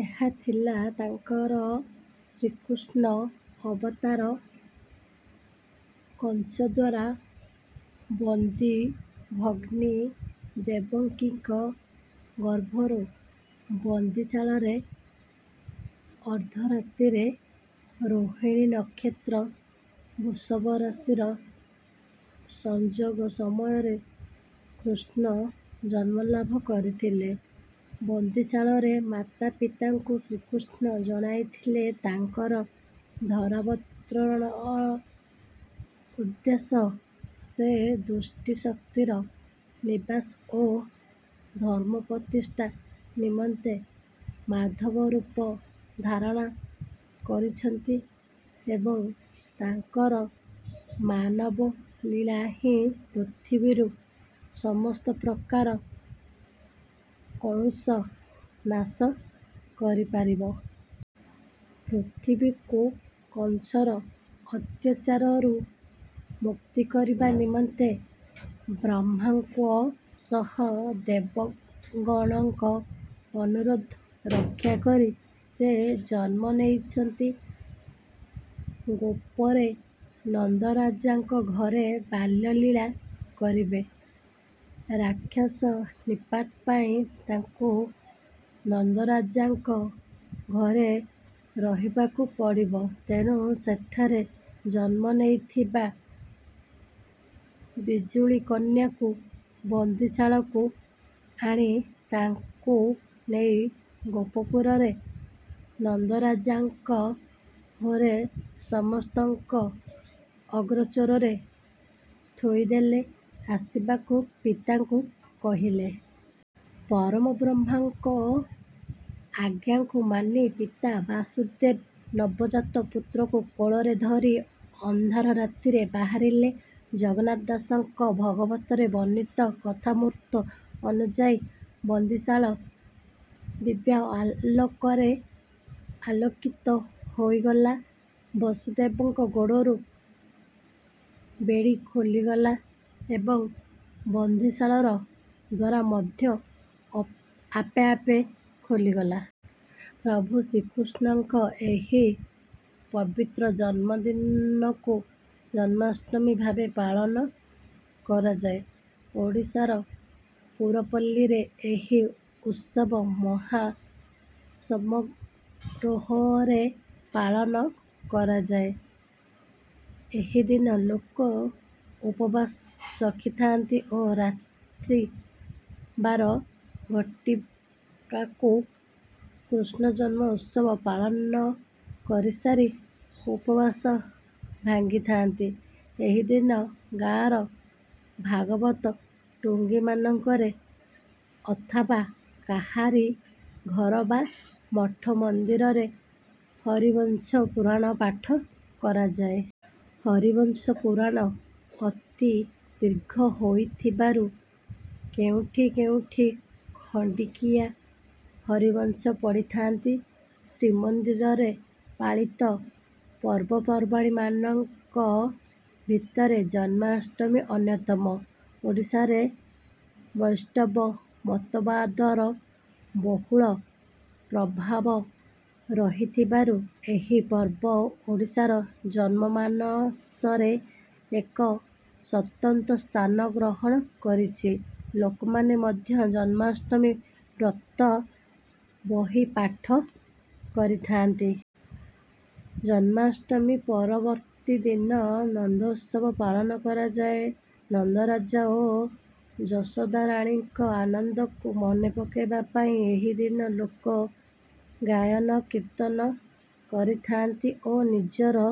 ଏହା ଥିଲା ତାଙ୍କର ଶ୍ରୀକୃଷ୍ଣ ଅବତାର। କଂସଦ୍ୱାରା ବନ୍ଦୀ ଭଗ୍ନୀ ଦେବକୀଙ୍କ ଗର୍ଭରୁ ବନ୍ଦିଶାଳାରେ ଅର୍ଦ୍ଧରାତ୍ରିରେ ରୋହିଣୀ ନକ୍ଷତ୍ର-ବୃଷରାଶିର ସଂଯୋଗ ସମୟରେ କୃଷ୍ଣ ଜନ୍ମଲାଭ କରିଥିଲେ। ବନ୍ଦିଶାଳାରେ ମାତା-ପିତାଙ୍କୁ ଶ୍ରୀକୃଷ୍ଣ ଜଣାଇଥିଲେ ତାଙ୍କର ଧରାବତରଣ ଉଦ୍ଦେଶ୍ୟ। ସେ ଦୁଷ୍ଟ ଶକ୍ତିର ବିନାଶ ଓ ଧର୍ମ ପ୍ରତିଷ୍ଠା ନିମନ୍ତେ ମାଧବ ରୂପ ଧାରଣ କରିଛନ୍ତି ଏବଂ ତାଙ୍କର ମାନବ ଲୀଳା ହିଁ ପୃଥିବୀରୁ ସମସ୍ତ ପ୍ରକାର କଳୁଷ ନାଶ କରିପାରିବ। ପୃଥିବୀକୁ କଂସର ଅତ୍ୟାଚାରରୁ ମୁକ୍ତ କରିବା ନିମନ୍ତେ ବ୍ରହ୍ମାଙ୍କ ସହ ଦେବଗଣଙ୍କ ଅନୁରୋଧ ରକ୍ଷା କରି ସେ ଜନ୍ମ ନେଇଛନ୍ତି। ଗୋପରେ ନନ୍ଦରାଜାଙ୍କ ଘରେ ବାଲ୍ୟ ଲୀଳା କରିବେ। ରାକ୍ଷସ ନିପାତ ପାଇଁ ତାଙ୍କୁ ନନ୍ଦରାଜାଙ୍କ ଘରେ ରହିବାକୁ ପଡ଼ିବ, ତେଣୁ ସେଠାରେ ଜନ୍ମ ନେଇଥିବା ବିଜୁଳି କନ୍ୟାକୁ ବନ୍ଦିଶାଳାକୁ ଆଣି ତାଙ୍କୁ ନେଇ ଗୋପପୁରରେ ନନ୍ଦରାଜାଙ୍କ ଘରେ ସମସ୍ତଙ୍କ ଅଗୋଚରରେ ଥୋଇଦେଲେ ଆସିବାକୁ ପିତାଙ୍କୁ କହିଲେ। ପରମବ୍ରହ୍ମଙ୍କ ଆଜ୍ଞାକୁ ମାନି ପିତା ବସୁଦେବ ନବଜାତ ପୁତ୍ରକୁ କୋଳରେ ଧରି ଅନ୍ଧାର ରାତିରେ ବାହାରିଲେ। ଜଗନ୍ନାଥ ଦାସଙ୍କ ଭାଗବତରେ ବର୍ଣ୍ଣିତ କଥାମୃତ ଅନୁଯାୟୀ ବନ୍ଦିଶାଳା ଦିବ୍ୟ ଆଲୋକରେ ଆଲୋକିତ ହୋଇଗଲା, ବସୁଦେବଙ୍କ ଗୋଡ଼ରୁ ବେଡ଼ି ଖୋଲିଗଲା ଏବଂ ବନ୍ଦିଶାଳାର ଦ୍ୱାର ମଧ୍ୟ ଆପେଆପେ ଖୋଲିଗଲା। ପ୍ରଭୁ ଶ୍ରୀକୃଷ୍ଣଙ୍କ ଏହି ପବିତ୍ର ଜନ୍ମଦିନକୁ ଜନ୍ମାଷ୍ଟମୀ ଭାବେ ପାଳନ କରାଯାଏ। ଓଡ଼ିଶାର ପୁରପଲ୍ଲୀରେ ଏହି ଉତ୍ସବ ମହା ସମାରୋହରେ ପାଳନ କରାଯାଏ। ଏହିଦିନ ଲୋକ ଉପବାସ ରଖିଥାନ୍ତି ଓ ରାତ୍ରି ବାର ଘଟିକାକୁ କୃଷ୍ଣଜନ୍ମ ଉତ୍ସବ ପାଳନ କରିସାରି ଉପବାସ ଭାଙ୍ଗିଥାନ୍ତି। ଏହିଦିନ ଗାଁର ଭାଗବତ ଟୁଙ୍ଗୀମାନଙ୍କରେ ଅଥବା କାହାରି ଘର ବା ମଠ-ମନ୍ଦିରରେ ହରିବଂଶ ପୁରାଣ ପାଠ କରାଯାଏ। ହରିବଂଶ ପୁରାଣ ଅତି ଦୀର୍ଘ ହୋଇଥିବାରୁ କେଉଁଠି କେଉଁଠି ଖଣ୍ଡିକିଆ ହରିବଂଶ ପଢ଼ିଥାନ୍ତି। ଶ୍ରୀମନ୍ଦିରରେ ପାଳିତ ପର୍ବପର୍ବାଣୀମାନଙ୍କ ଭିତରେ ଜନ୍ମାଷ୍ଟମୀ ଅନ୍ୟତମ। ଓଡ଼ିଶାରେ ବୈଷ୍ଣବ ମତବାଦର ବହୁଳ ପ୍ରଭାବ ରହିଥିବାରୁ ଏହି ପର୍ବ ଓଡ଼ିସାର ଜନମାନସରେ ଏକ ସ୍ୱତନ୍ତ୍ର ସ୍ଥାନ ଗ୍ରହଣ କରିଛି। ଲୋକମାନେ ମଧ୍ୟ ଜନ୍ମାଷ୍ଟମୀ ବ୍ରତ ବହି ପାଠ କରିଥାନ୍ତି। ଜନ୍ମାଷ୍ଟମୀର ପରବର୍ତ୍ତୀ ଦିନ ନନ୍ଦୋତ୍ସବ ପାଳନ କରାଯାଏ। ନନ୍ଦରାଜ ଓ ଯଶୋଦାରାଣୀଙ୍କ ଆନନ୍ଦକୁ ମନେ ପକାଇବା ପାଇଁ ଏହି ଦିନ ଲୋକେ ଗାୟନ-କୀର୍ତ୍ତନ କରିଥାନ୍ତି ଓ ନିଜର